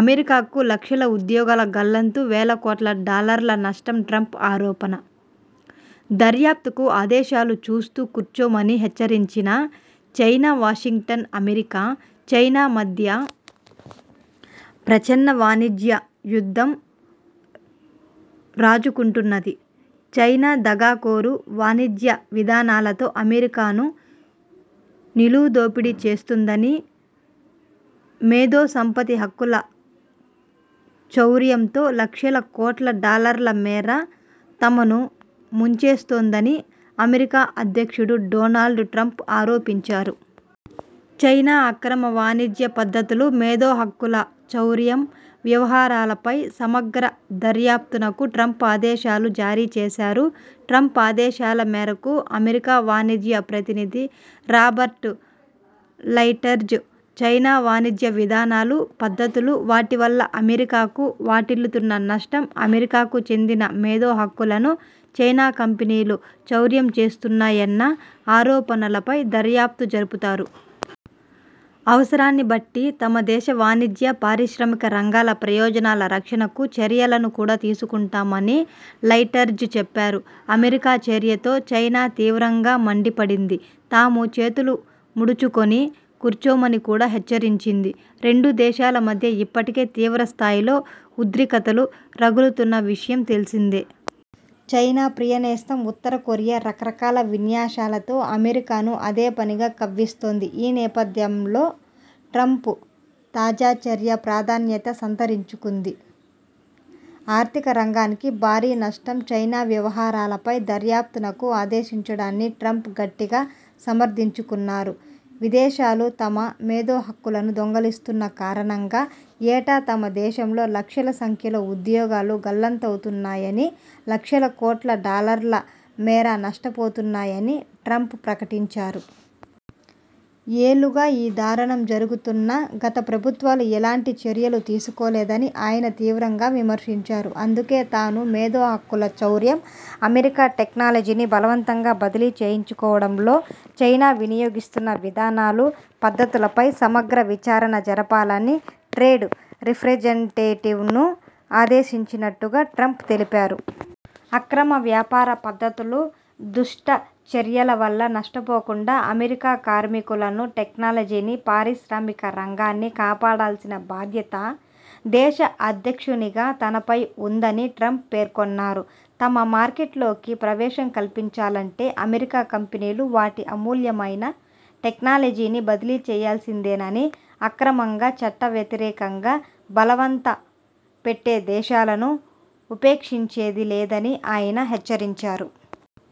అమెరికాకు లక్షల ఉద్యోగాల గల్లంతు వేల కోట్ల డాలర్ల నష్టం ట్రంప్ ఆరోపణ.. దర్యాప్తునకు ఆదేశాలు చూస్తూ కూర్చోమని హెచ్చరించిన చైనా వాషింగ్టన్ అమెరికా, చైనా మధ్య ప్రచ్ఛన్న వాణిజ్య యుద్ధం రాజుకుంటున్నది. చైనా దగాకోరు వాణిజ్య విధానాలతో అమెరికాను నిలువు దోపిడీ చేస్తోందనీ, మేధో సంపత్తి హక్కుల చౌర్యంతో లక్షల కోట్ల డాలర్ల మేర తమను ముంచేస్తోందని అమెరికా అధ్యక్షుడు డొనాల్డ్ ట్రంప్ ఆరోపించారు. చైనా అక్రమ వాణిజ్య పద్ధతులు, మేధో హక్కుల చౌర్యం వ్యవహారాలపై సమగ్ర దర్యాప్తునకు ట్రంప్ ఆదేశాలు జారీ చేశారు. ట్రంప్ ఆదేశాల మేరకు అమెరికా వాణిజ్య ప్రతినిధి రాబర్ట్ లైట్జర్, చైనా వాణిజ్య విధానాలు, పద్ధతులు, వాటి వల్ల అమెరికాకు వాటిల్లుతున్న నష్టం, అమెరికాకు చెందిన మేధో హక్కులను చైనా కంపెనీలు చౌర్యం చేస్తున్నాయన్న ఆరోపణలపై దర్యాప్తు జరుపుతారు. అవసరాన్ని బట్టి తమ దేశ వాణిజ్య, పారిశ్రామిక రంగాల ప్రయోజనాల రక్షణకు చర్యలను కూడా తీసుకుంటామని లైట్జర్ చెప్పారు. అమెరికా చర్యతో చైనా తీవ్రంగా మండిపడింది. తాము చేతులు ముడుచుకొని కూర్చోమని కూడా హెచ్చరించింది. రెండు దేశాల మధ్య ఇప్పటికే తీవ్ర స్థాయిలో ఉద్రిక్తతలు రగులుతున్న విషయం తెలిసిందే. చైనా ప్రియ నేస్తం ఉత్తర కొరియా రకరకాల విన్యాసాలతో అమెరికాను అదేపనిగా కవ్విస్తోంది. ఈ నేపథ్యంలో ట్రంప్ తాజా చర్య ప్రాధాన్యత సంతరించుకుంది. ఆర్థిక రంగానికి భారీ నష్టం చైనా వ్యవహారాలపై దర్యాప్తునకు ఆదేశించడాన్ని ట్రంప్ గట్టిగా సమర్ధించుకున్నారు. విదేశాలు తమ మేధో హక్కులను దొంగిలిస్తున్న కారణంగా ఏటా తమ దేశం లో లక్షల సంఖ్యలో ఉద్యోగాలు గల్లంతవుతున్నాయనీ, లక్షల కోట్ల డాలర్ల మేర నష్టపోతున్నామని ట్రంప్ ప్రకటించారు. ఏళ్లుగా ఈ దారుణం జరుగుతున్నా, గత ప్రభుత్వాలు ఏలాంటి చర్యలు తీసుకోలేదని ఆయన తీవ్రంగా విమర్శించారు. అందుకే తాను, మేధో హక్కుల చౌర్యం, అమెరికా టెక్నాలజీని బలవంతంగా బదిలీ చేయించుకోవడంలో చైనా వినియోగిస్తున్న విధానాలు, పద్ధతులపై సమగ్ర విచారణ జరపాలని ట్రేడ్ రిప్రెజంటేటివ్ ను ఆదేశించినట్టుగా ట్రంప్ తెలిపారు. అక్రమ వ్యాపార పద్ధతులు, దుష్టచర్యల వల్ల నష్టపోకుండా అమెరికా కార్మికులను, టెక్నాలజీని, పారిశ్రామిక రంగాన్ని కాపాడాల్సిన బాధ్యత దేశ అధ్యక్షునిగా తనపై ఉందని ట్రంప్ పేర్కొన్నారు. తమ మార్కెట్లోకి ప్రవేశం కల్పించాలంటే అమెరికా కంపెనీలు వాటి అమూల్యమైన టెక్నాలజీని బదిలీ చేయాల్సిందేనని అక్రమంగా, చట్టవ్యతిరేకంగా బలవంత పెట్టే దేశాలను ఉపేక్షించేది లేదని ఆయన హెచ్చరించారు.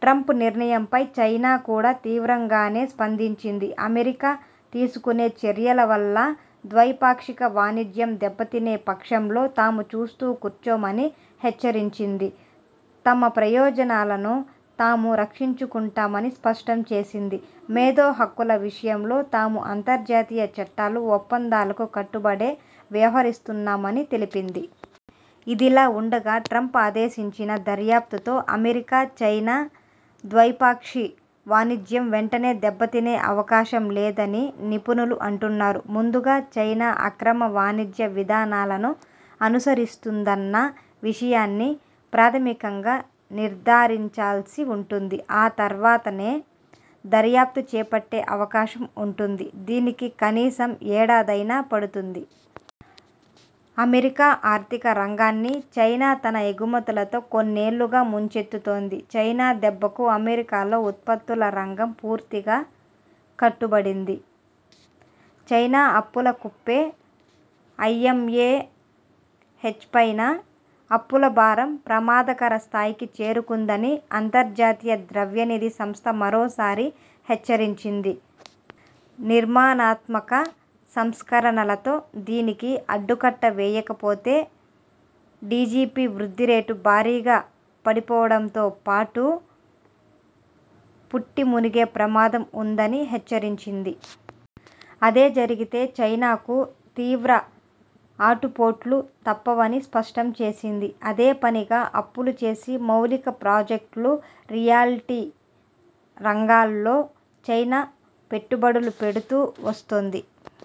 ట్రంప్ నిర్ణయంపై చైనా కూడా తీవ్రంగానే స్పందించింది. అమెరికా తీసుకునే చర్యల వల్ల ద్వైపాక్షిక వాణిజ్యం దెబ్బతినే పక్షంలో తాము చూస్తూ కూర్చోమని హెచ్చరించింది. తమ ప్రయోజనాలను తాము రక్షించుకుంటామని స్పష్టం చేసింది. మేధో హక్కుల విషయంలో తాము అంతర్జాతీయ చట్టాలు, ఒప్పందాలకు కట్టుబడే వ్యవహరిస్తున్నామని తెలిపింది. ఇదిలా ఉండగా ట్రంప్ ఆదేశించిన దర్యాప్తుతో అమెరికా, చైనా ద్వైపాక్షి వాణిజ్యం వెంటనే దెబ్బతినే అవకాశం లేదని నిపుణులు అంటున్నారు. ముందుగా చైనా అక్రమ వాణిజ్య విధానాలను అనుసరిస్తుందన్న విషయాన్ని ప్రాధమికంగా నిర్ధారించాల్సి ఉంటుంది. ఆ తర్వాతనే దర్యాప్తు చేపట్టే అవకాశం ఉంటుంది. దీనికి కనీసం ఏడాదైనా పడుతుంది. అమెరికా ఆర్థిక రంగాన్ని చైనా తన ఎగుమతులతో కొన్నేళ్లుగా ముంచెత్తుతోంది. చైనా దెబ్బకు అమెరికాలో ఉత్పత్తుల రంగం పూర్తిగా కుంటుబడింది. చైనా అప్పుల కుప్పే ఐఎంఎఫ్చైనా అప్పుల భారం ప్రమాదకర స్థాయికి చేరుకుందని అంతర్జాతీయ ద్రవ్యనిధి సంస్థ మరోసారి హెచ్చరించింది. నిర్మాణాత్మక సంస్కరణలతో దీనికి అడ్డుకట్ట వేయకపోతే జిడిపి వృద్ధి రేటు భారీగా పడిపోవడంతో పాటు పుట్టి మునిగే ప్రమాదం ఉందని హెచ్చరించింది. అదే జరిగితే చైనాకు తీవ్ర ఆటుపోట్లూ తప్పవని స్పష్టం చేసింది. అదేపనిగా అప్పులు చేసి మౌలిక ప్రాజెక్టులు, రియల్టీ రంగాల్లో చైనా పెట్టుబడులు పెడుతూ వస్తోంది.